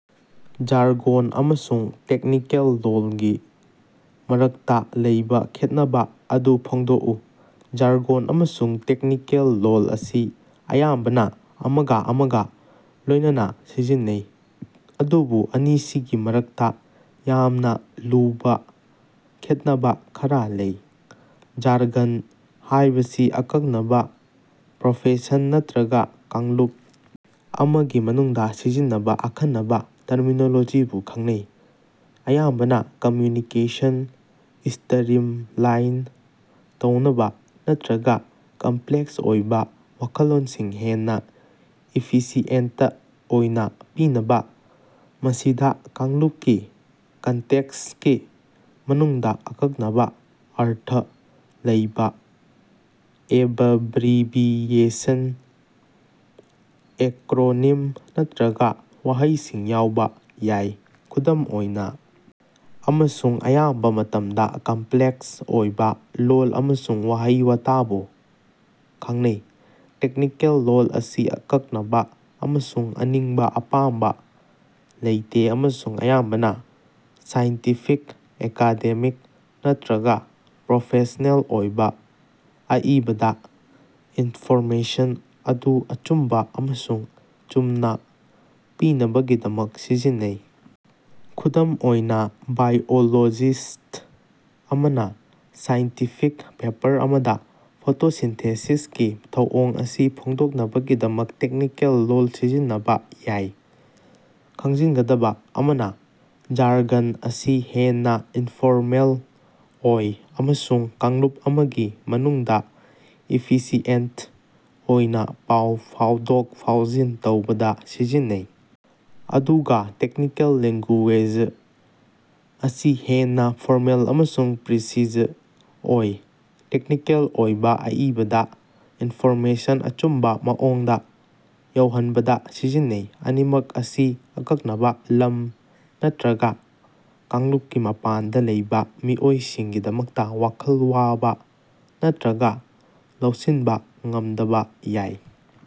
Jargon ꯑꯃꯁꯨꯡ technical ꯂꯣꯜꯒꯤ ꯃꯔꯛꯇꯥ ꯂꯩꯕꯥ ꯈꯦꯠꯅꯕꯥ ꯑꯗꯨ ꯐꯣꯡꯗꯣꯛꯎ꯫ ꯖꯥꯔꯒꯣꯟ ꯑꯃꯁꯨꯡ ꯇꯦꯛꯅꯤꯀꯦꯜ ꯂꯣꯜ ꯑꯁꯤ ꯑꯌꯥꯝꯕꯅꯥ ꯑꯃꯒꯥ ꯑꯃꯒꯥ ꯂꯣꯏꯅꯅꯥ ꯁꯤꯖꯤꯟꯅꯩ ꯑꯗꯨꯕꯨ ꯑꯅꯤꯁꯤꯒꯤ ꯃꯔꯛꯇꯥ ꯌꯥꯝꯅꯥ ꯂꯨꯕꯥ ꯈꯦꯠꯅꯕꯥ ꯈꯔꯥ ꯂꯩ꯫ ꯖꯥꯔꯒꯟ ꯍꯥꯏꯕꯁꯤ ꯑꯀꯛꯅꯕꯥ ꯄ꯭ꯔꯣꯐꯦꯁꯟ ꯅꯠꯇ꯭ꯔꯒꯥ ꯀꯥꯡꯂꯨꯞ ꯑꯃꯒꯤ ꯃꯅꯨꯡꯗꯥ ꯁꯤꯖꯤꯟꯅꯕꯥ ꯑꯈꯟꯅꯕꯥ ꯇꯔꯃꯤꯅꯣꯂꯣꯖꯤꯕꯨ ꯈꯪꯅꯩ ꯑꯌꯥꯝꯕꯅꯥ ꯀꯝꯃ꯭ꯌꯨꯅꯤꯀꯦꯁꯟ ꯁ꯭ꯇꯔꯤꯝꯂꯥꯏꯟ ꯇꯧꯅꯕꯥ ꯅꯠꯇ꯭ꯔꯒꯥ ꯀꯝꯄ꯭ꯂꯦꯛꯁ ꯑꯣꯏꯕꯥ ꯋꯥꯈꯜꯂꯣꯟꯁꯤꯡ ꯍꯦꯟꯅꯥ ꯏꯐꯤꯁꯤꯑꯦꯟꯇ ꯑꯣꯏꯅꯥ ꯄꯤꯅꯕꯥ꯫ ꯃꯁꯤꯗꯥ ꯀꯥꯡꯂꯨꯄꯀꯤ ꯀꯟꯇꯦꯛꯁꯀꯤ ꯃꯅꯨꯡꯗꯥ ꯑꯀꯛꯅꯕꯥ ꯑꯔꯊ ꯂꯩꯕꯥ ꯑꯦꯕꯕ꯭ꯔꯤꯕꯤꯌꯦꯁꯟ ꯑꯦꯀ꯭ꯔꯣꯅꯤꯝ ꯅꯠꯇ꯭ꯔꯒꯥ ꯋꯥꯍꯩꯁꯤꯡ ꯌꯥꯎꯕꯥ ꯌꯥꯏ꯫ ꯈꯨꯗꯝ ꯑꯣꯏꯅꯥ ꯑꯃꯁꯨꯡ ꯑꯌꯥꯝꯕꯥ ꯃꯇꯝꯗꯥ ꯀꯝꯄ꯭ꯂꯦꯛꯁ ꯑꯣꯏꯕꯥ ꯂꯣꯜ ꯑꯃꯁꯨꯡ ꯋꯥꯍꯩ ꯋꯥꯇꯥꯕꯨ ꯈꯪꯅꯩ꯫ ꯇꯦꯛꯅꯤꯀꯦꯜ ꯂꯣꯜ ꯑꯁꯤ ꯑꯀꯛꯅꯕꯥ ꯑꯃꯁꯨꯡ ꯑꯅꯤꯡꯕꯥ ꯑꯄꯥꯝꯕꯥ ꯂꯩꯇꯦ ꯑꯃꯁꯨꯡ ꯑꯌꯥꯝꯕꯅꯥ ꯁꯥꯏꯟꯇꯤꯐꯤꯛ ꯑꯦꯀꯥꯗꯦꯃꯤꯛ ꯅꯠꯇ꯭ꯔꯒꯥ ꯄ꯭ꯔꯣꯐꯦꯁꯅꯦꯜ ꯑꯣꯏꯕꯥ ꯑꯏꯕꯗꯥ ꯏꯟꯐꯣꯔꯃꯦꯁꯟ ꯑꯗꯨ ꯑꯆꯨꯝꯕꯥ ꯑꯃꯁꯨꯡ ꯆꯨꯝꯅꯥ ꯄꯤꯅꯕꯒꯤꯗꯃꯛ ꯁꯤꯖꯤꯟꯅꯩ꯫ ꯈꯨꯗꯝ ꯑꯣꯏꯅꯥ ꯕꯥꯏꯑꯣꯂꯣꯖꯤꯁ꯭ꯠ ꯑꯃꯅꯥ ꯁꯥꯏꯟꯇꯤꯐꯤꯛ ꯄꯦꯄꯔ ꯑꯃꯗꯥ ꯐꯣꯇꯣꯁꯤꯟꯊꯦꯁꯤꯁꯀꯤ ꯊꯧꯑꯣꯡ ꯑꯁꯤ ꯐꯣꯡꯗꯣꯛꯅꯕꯒꯤꯗꯃꯛ ꯇꯦꯛꯅꯤꯀꯦꯜ ꯂꯣꯜ ꯁꯤꯖꯤꯟꯅꯕꯥ ꯌꯥꯏ꯫ ꯈꯪꯖꯤꯟꯒꯗꯕꯥ ꯑꯃꯅꯥ ꯖꯥꯔꯒꯟ ꯑꯁꯤ ꯍꯦꯟꯅꯥ ꯏꯟꯐꯣꯔꯃꯦꯜ ꯑꯣꯏ ꯑꯃꯁꯨꯡ ꯀꯥꯡꯂꯨꯞ ꯑꯃꯒꯤ ꯃꯅꯨꯡꯗꯥ ꯏꯐꯤꯁꯤꯑꯦꯟꯠ ꯑꯣꯏꯅꯥ ꯄꯥꯎ ꯐꯥꯎꯗꯣꯛ ꯐꯥꯎꯖꯤꯟ ꯇꯧꯕꯗꯥ ꯁꯤꯖꯤꯟꯅꯩ ꯑꯗꯨꯒꯥ ꯇꯦꯛꯅꯤꯀꯦꯜ ꯂꯦꯡꯒꯨꯌꯦꯖ ꯑꯁꯤ ꯍꯦꯟꯅꯥ ꯐꯣꯔꯃꯦꯜ ꯑꯃꯁꯨꯡ ꯄ꯭ꯔꯤꯁꯤꯖ ꯑꯣꯏ ꯇꯦꯛꯅꯤꯀꯦꯜ ꯑꯣꯏꯕꯥ ꯑꯏꯕꯗꯥ ꯏꯟꯐꯣꯔꯃꯦꯁꯟ ꯑꯆꯨꯝꯕꯥ ꯃꯑꯣꯡꯗꯥ ꯌꯧꯍꯟꯕꯗꯥ ꯁꯤꯖꯤꯟꯅꯩ꯫ ꯑꯅꯤꯃꯛ ꯑꯁꯤ ꯑꯀꯛꯅꯕꯥ ꯂꯝ ꯅꯠꯇ꯭ꯔꯒꯥ ꯀꯥꯡꯂꯨꯞꯀꯤ ꯃꯄꯥꯟꯗꯥ ꯂꯩꯕꯥ ꯃꯤꯑꯣꯏꯁꯤꯡꯒꯤꯗꯃꯛꯇꯥ ꯋꯥꯈꯜ ꯋꯥꯕꯥ ꯅꯠꯇ꯭ꯔꯒꯥ ꯂꯧꯁꯤꯟꯕꯥ ꯉꯝꯗꯕꯥ ꯌꯥꯏ꯫